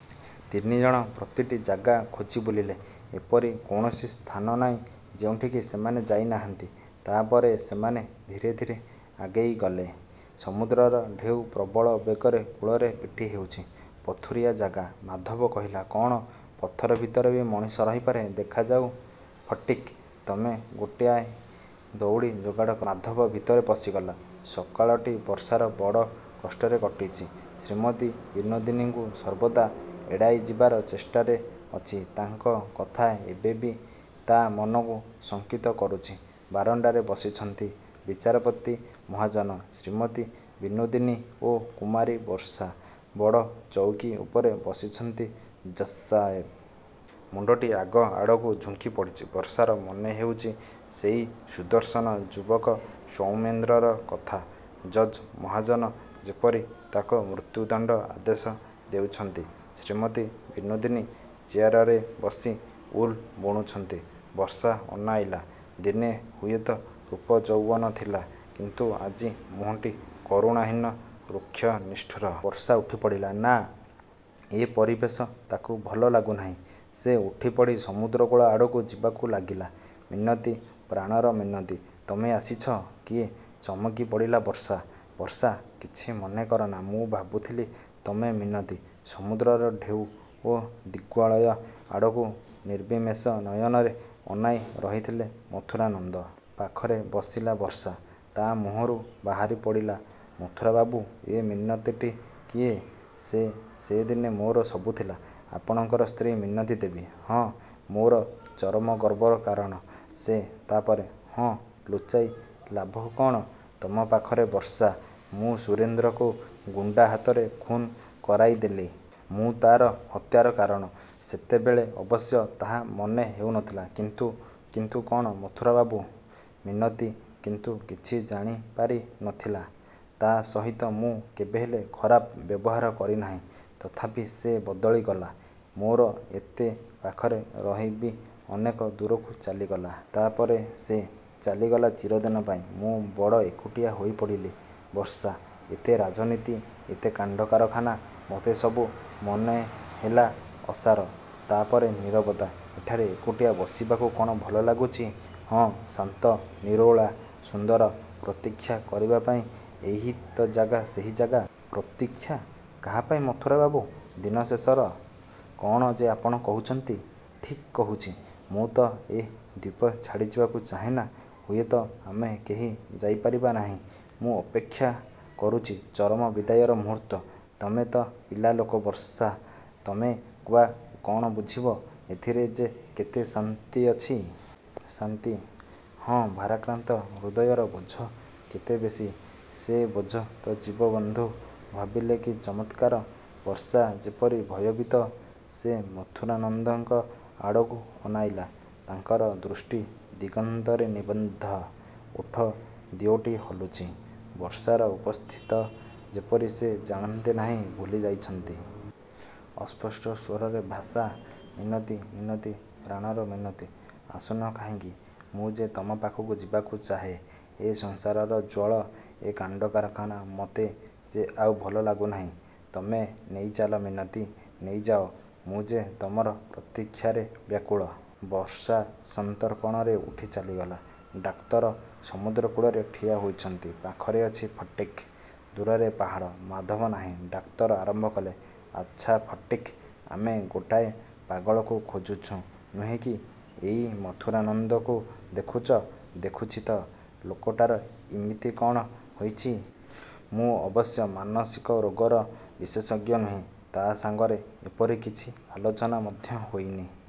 ତିନିଜଣ ପ୍ରତିଟି ଜାଗା ଖୋଜିବୁଲିଲେ। ଏପରି କୌଣସି ସ୍ଥାନନାହିଁ ଯେଉଁଠିକି ସେମାନେ ଯାଇନାହାନ୍ତି। ତା'ପରେ ସେମାନେ ଧୀରେ ଧୀରେ ଆଗେଇଗଲେ। ସମୁଦ୍ରର ଢେଉ ପ୍ରବଳ ବେଗରେ କୂଳରେ ପିଟିହେଉଛି। ପଥୁରିଆ ଜାଗା। ମାଧବ କହିଲା-କ'ଣ ପଥର ଭିତରେ ବି ମଣିଷ ରହିପାରେ? ଦେଖାଯାଉ। ଫଟିକ୍ ତମେ ଗୋଟାଏ ଦଉଡ଼ି ଯୋଗାଡ଼ କର। ମାଧବ ଭିତରେ ପଶିଗଲା। ସକାଳଟି ବର୍ଷାର ବଡ଼ କଷ୍ଟରେ କଟିଛି। ଶ୍ରୀମତୀ ବିନୋଦିନୀଙ୍କୁ ସର୍ବଦା ଏଡ଼ାଇଯିବାର ଚେଷ୍ଟାରେ ଅଛି। ତାଙ୍କ କଥା ଏବେ ବି ତା' ମନକୁ ଶଙ୍କିତ କରୁଛି। ବାରଣ୍ଡାରେ ବସିଛନ୍ତି ବିଚାରପତି ମହାଜନ, ଶ୍ରୀମତୀ ବିନୋଦିନୀ ଓ କୁମାରୀ ବର୍ଷା। ବଡ଼ ଚୌକି ଉପରେ ବସିଛନ୍ତି ଜଜ୍ସାହେବ। ମୁଣ୍ଡଟି ଆଗ ଆଡ଼କୁ ଝୁଙ୍କିପଡ଼ିଛି। ବର୍ଷାର ମନେହେଉଛି ସେଇ ସୁଦର୍ଶନ ଯୁବକ ସୌମେନ୍ଦ୍ରର କଥା, ଜଜ୍ ମହାଜନ ଯେପରି ତାକୁ ମୃତ୍ୟୁଦଣ୍ଡ ଆଦେଶ ଦେଉଛନ୍ତି। ଶ୍ରୀମତୀ ବିନୋଦିନୀ ଚେଆରରେ ବସି ଉଲ୍ ବୁଣୁଛନ୍ତି। ବର୍ଷା ଅନାଇଲା। ଦିନେ ହୁଏତ ରୂପଯୌବନ ଥିଲା; କିନ୍ତୁ ଆଜି ମୁହଁଟି କରୁଣାହୀନ, ରୁକ୍ଷ ନିଷ୍ଠୁର। ବର୍ଷା ଉଠିପଡ଼ିଲା। ନା, ଏ ପରିବେଶ ତାକୁ ଭଲ ଲାଗୁନାହିଁ। ସେ ଉଠିପଡ଼ି ସମୁଦ୍ରକୂଳ ଆଡ଼କୁ ଯିବାକୁ ଲାଗିଲା। -ମିନତି, ପ୍ରାଣର ମିନତି, ତମେ ଆସିଛ? -କିଏ? ଚମକିପଡ଼ିଲା ବର୍ଷା। -ବର୍ଷା, କିଛି ମନେକରନା, ମୁଁ ଭାବୁଥିଲି ତମେ ମିନତି। ସମୁଦ୍ରର ଢେଉ ଓ ଦିଗ୍ବଳୟ ଆଡ଼କୁ ନିର୍ବିମେଷ ନୟନରେ ଅନାଇ ରହିଥିଲେ ମଥୁରାନନ୍ଦ। ପାଖରେ ବସିଲା ବର୍ଷା। ତା' ମୁହଁରୁ ବାହାରିପଡ଼ିଲା-ମଥୁରାବାବୁ, ଏ ମିନତିଟି କିଏ-? -ସେ, ସେ ଦିନେ ମୋର ସବୁ ଥିଲା। -ଆପଣଙ୍କର ସ୍ତ୍ରୀ ମିନତି ଦେବୀ? -ହଁ, ମୋର ଚରମ ଗର୍ବର କାରଣ ସେ। -ତା'ପରେ? -ହଁ, ଲୁଚାଇ ଲାଭ କ'ଣ ତମପାଖରେ ବର୍ଷା! ମୁଁ ସୁରେନ୍ଦ୍ରକୁ ଗୁଣ୍ଡା ହାତରେ ଖୁନ୍ କରାଇଦେଲି। ମୁଁ ତା'ର ହତ୍ୟାର କାରଣ। ସେତେବେଳେ ଅବଶ୍ୟ ତାହା ମନେ ହେଉ ନ ଥିଲା। କିନ୍ତୁ -କିନ୍ତୁ କ'ଣ ମଥୁରାବାବୁ? -ମିନତି କିନ୍ତୁ କିଛି ଜାଣିପାରି ନ ଥିଲା। ତା' ସହିତ ମୁଁ କେବେହେଲେ ଖରାପ ବ୍ୟବହାର କରିନାହିଁ। ତଥାପି ସେ ବଦଳିଗଲା। ମୋର ଏତେ ପାଖରେ ରହି ବି ଅନେକ ଦୂରକୁ ଚାଲିଗଲା। ତା'ପରେ ସେ। ଚାଲିଗଲା ଚିରଦିନପାଇଁ। ମୁଁ ବଡ଼ ଏକୁଟିଆ ହୋଇପଡ଼ିଲି, ବର୍ଷା! ଏତେ ରାଜନୀତି, ଏତେ କାଣ୍ଡ କାରଖାନା ମୋତେ ସବୁ ମନେହେଲା ଅସାର। ତା'ପରେ ନୀରବତା। -ଏଠାରେ ଏକୁଟିଆ ବସିବାକୁ କ'ଣ ଭଲ ଲାଗୁଛି? -ହଁ, ଶାନ୍ତ ନିରୋଳା ସୁନ୍ଦର, ପ୍ରତୀକ୍ଷା କରିବାପାଇଁ ଏହି ତ ସେହି ଜାଗା। -ପ୍ରତୀକ୍ଷା, କାହାପାଇଁ ମଥୁରାବାବୁ? -ଦିନଶେଷର। -କ'ଣ ଯେ ଆପଣ କହୁଛନ୍ତି? -ଠିକ୍ କହୁଛି। ମୁଁ ତ ଏ ଦ୍ଵୀପ ଛାଡ଼ିଯିବାକୁ ଚାହେଁନା। ହୁଏତ ଆମେ କେହି ଯାଇପାରିବା ନାହିଁ। ମୁଁ ଅପେକ୍ଷା କରୁଛି ଚରମ ବିଦାୟର ମୁହୂର୍ତ୍ତ। ତମେ ତ ପିଲାଲୋକ ବର୍ଷା, ତମେ ବା କ'ଣ ବୁଝିବ, ଏଥିରେ ଯେ କେତେ ଶାନ୍ତି ଅଛି! -ଶାନ୍ତି! -ହଁ, ଭାରାକ୍ରାନ୍ତ ହୃଦୟର ବୋଝ କେତେ ବେଶି, ସେ ବୋଝ ତ ଯିବ ବନ୍ଧୁ! ଭାବିଲେ କି ଚମତ୍କାର! ବର୍ଷା ଯେପରି ଭୟଭୀତ। ସେ ମଥୁରାନନ୍ଦଙ୍କ ଆଡ଼କୁ ଅନାଇଲା। ତାଙ୍କର ଦୃଷ୍ଟି ଦିଗନ୍ତରେ ନିବଦ୍ଧ। ଓଠ ଦିଓଟି ହଲୁଛି। ବର୍ଷାର ଉପସ୍ଥିତ ଯେପରି ସେ ଜାଣନ୍ତି ନାହିଁ, ଭୁଲିଯାଇଛନ୍ତି। ଅସ୍ପଷ୍ଟ ସ୍ଵରରେ ଭାଷା-ମିନତି, ମିନତି, ପ୍ରାଣର ମିନତି! ଆସୁନ କାହିଁକି? ମୁଁ ଯେ ତମ ପାଖକୁ ଯିବାକୁ ଚାହେ। ଏ ସଂସାରର ଜ୍ଵଳ, ଏ କାଣ୍ଡ କାରଖାନା ମୋତେ ଯେ ଆଉ ଭଲ ଲାଗୁନାହିଁ। ତମେ ନେଇଚାଲ ମିନତି, ନେଇଯାଅ। ମୁଁ ଯେ ତମର ପ୍ରତିକ୍ଷାରେ ବ୍ୟାକୁଳ। ବର୍ଷା ସନ୍ତର୍ପଣରେ ଉଠି ଚାଲିଗଲା। ଡାକ୍ତର ସମୁଦ୍ରକୂଳରେ ଠିଆ ହୋଇଛନ୍ତି। ପାଖରେ ଅଛି ଫଟିକ୍। ଦୂରରେ ପାହାଡ଼। ମାଧବ ନାହିଁ। ଡାକ୍ତର ଆରମ୍ଭ କଲେ-ଆଚ୍ଛା ଫଟିକ୍, ଆମେ ଗୋଟାଏ ପାଗଳକୁ ଖୋଜୁଛୁଁ, ନୁହେଁ କି-? ଏଇ ମଥୁରାନନ୍ଦକୁ ଦେଖୁଛ? -ଦେଖୁଛି ତ। -ଲୋକଟାର ଇମିତି କ'ଣ ହୋଇଛି? ମୁଁ ଅବଶ୍ୟ ମାନସିକ ରୋଗର ବିଶେଷଜ୍ଞ ନୁହେଁ। ତା ସାଙ୍ଗରେ ଏପରି କିଛି ଆଲୋଚନା ମଧ୍ୟ ହୋଇନି।